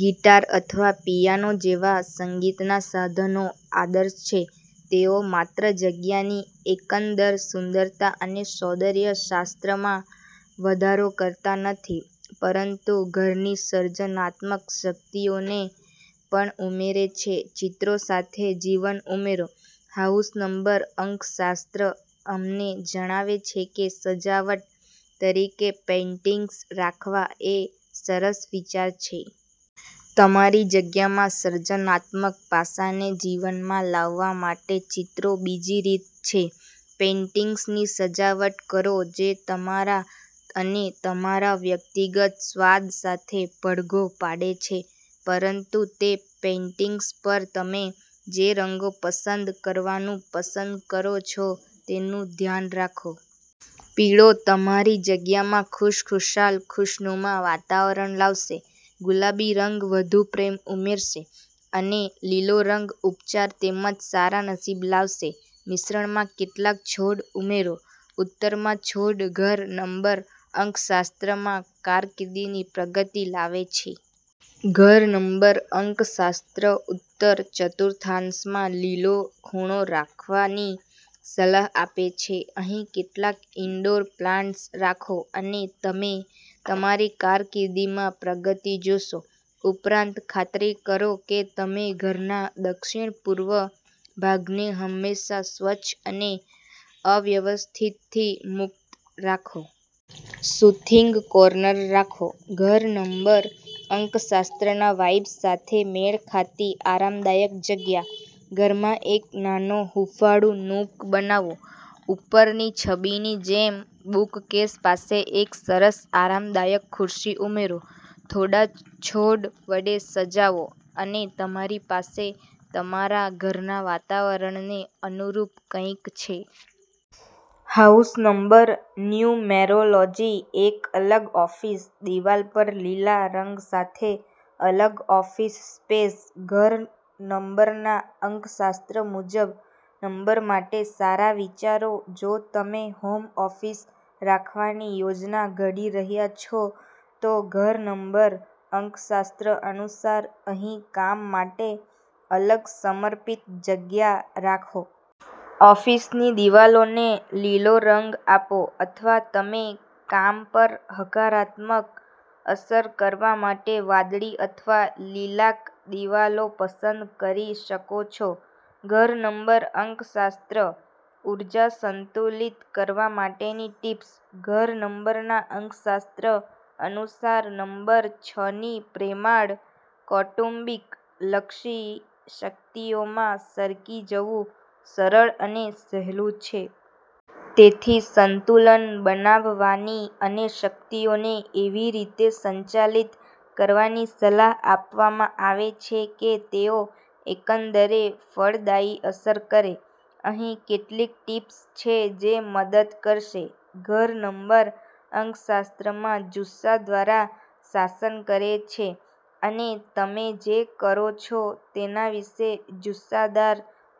Guitar અથવા piano જેવા સંગીતનાં સાધનો આદર્શ છે. તેઓ માત્ર જગ્યાની એકંદર સુંદરતા અને સૌંદર્ય શાસ્ત્રમાં વધારો કરતા નથી, પરંતુ ઘરની સર્જનાત્મક શક્તિઓને પણ ઉમેરે છે. ચિત્રો સાથે જીવન ઉમેરો. હાઉસ નંબર અંકશાસ્ત્ર અમને જણાવે છે કે સજાવટ તરીકે પેઇન્ટિંગ્સ રાખવા એ સરસ વિચાર છે. તમારી જગ્યામાં સર્જનાત્મક પાસાને જીવનમાં લાવવા માટે ચિત્રો બીજી રીત છે. પેઇન્ટિંગ્સથી સજાવટ કરો જે તમારા અને તમારા વ્યક્તિગત સ્વાદ સાથે પડઘો પાડે છે. પરંતુ, તે પેઇન્ટિંગ્સ પર તમે જે રંગો પસંદ કરવાનું પસંદ કરો છો તેનું ધ્યાન રાખો. પીળો તમારી જગ્યામાં ખુશખુશાલ, ખુશનુમા વાતાવરણ લાવશે, ગુલાબી રંગ વધુ પ્રેમ ઉમેરશે, અને લીલો રંગ ઉપચાર તેમજ સારા નસીબ લાવશે. મિશ્રણમાં કેટલાક છોડ ઉમેરો. ઉત્તરમાં છોડ ઘર નંબર અંકશાસ્ત્રમાં કારકિર્દીની પ્રગતિ લાવે છે. ઘર નંબર અંકશાસ્ત્ર ઉત્તર ચતુર્થાંશમાં લીલો ખૂણો રાખવાની સલાહ આપે છે. અહીં કેટલાક ઇન્ડોર પ્લાન્ટ્સ રાખો અને તમે તમારી કારકિર્દીમાં પ્રગતિ જોશો. ઉપરાંત, ખાતરી કરો કે તમે ઘરના દક્ષિણ-પૂર્વ ભાગને હંમેશા સ્વચ્છ અને અવ્યવસ્થિતથી મુક્ત રાખો. સુથિંગ કોર્નર રાખો. ઘર નંબર અંકશાસ્ત્રના વાઇબ સાથે મેળ ખાતી આરામદાયક જગ્યા. ઘરમાં એક નાનો હૂંફાળું નૂક બનાવો. ઉપરની છબીની જેમ બુકકેસ પાસે એક સરસ, આરામદાયક ખુરશી ઉમેરો, થોડા છોડ વડે સજાવો અને તમારી પાસે તમારા ઘરના વાતાવરણને અનુરૂપ કંઈક છે. House number numerology. એક અલગ ઓફિસ. દિવાલ પર લીલા રંગ સાથે અલગ ઓફિસ સ્પેસ, ઘર નંબરના અંકશાસ્ત્ર મુજબ નંબર માટે સારા વિચારો જો તમે હોમ ઓફિસ રાખવાની યોજના ઘડી રહ્યા છો, તો ઘર નંબર અંકશાસ્ત્ર અનુસાર, અહીં કામ માટે અલગ, સમર્પિત જગ્યા રાખો. ઓફિસની દિવાલોને લીલો રંગ આપો, અથવા તમે કામ પર હકારાત્મક અસર કરવા માટે વાદળી અથવા લીલાક દિવાલો પસંદ કરી શકો છો. ઘર નંબર અંકશાસ્ત્ર. ઊર્જા સંતુલિત કરવા માટેની ટિપ્સ. ઘર નંબરના અંકશાસ્ત્ર અનુસાર નંબર છની પ્રેમાળ, કૌટુંબિક લક્ષી શક્તિઓમાં સરકી જવું સરળ અને સહેલું છે. તેથી સંતુલન બનાવવાની અને શક્તિઓને એવી રીતે સંચાલિત કરવાની સલાહ આપવામાં આવે છે કે તેઓ એકંદરે ફળદાયી અસર કરે. અહીં કેટલીક ટીપ્સ છે જે મદદ કરશે. ઘર નંબર અંકશાસ્ત્રમાં જુસ્સા દ્વારા શાસન કરે છે અને તમે જે કરો છો તેના વિશે જુસ્સાદાર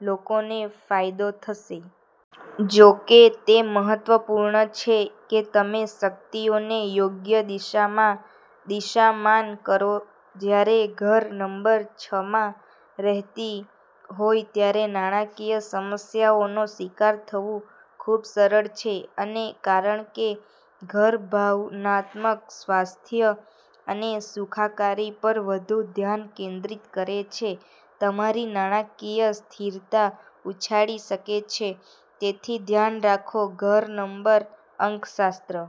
લોકોને ફાયદો થશે. જો કે, તે મહત્વપૂર્ણ છે કે તમે શક્તિઓને યોગ્ય દિશામાં દિશામાન કરો. જ્યારે ઘર નંબર છમાં રહેતી હોય ત્યારે નાણાકીય સમસ્યાઓનો શિકાર થવું ખૂબ સરળ છે. અને, કારણ કે ઘર ભાવનાત્મક સ્વાસ્થ્ય અને સુખાકારી પર વધુ ધ્યાન કેન્દ્રિત કરે છે, તમારી નાણાકીય સ્થિરતા ઉછાળી શકે છે. તેથી, ધ્યાન રાખો, ઘર નંબર અંકશાસ્ત્ર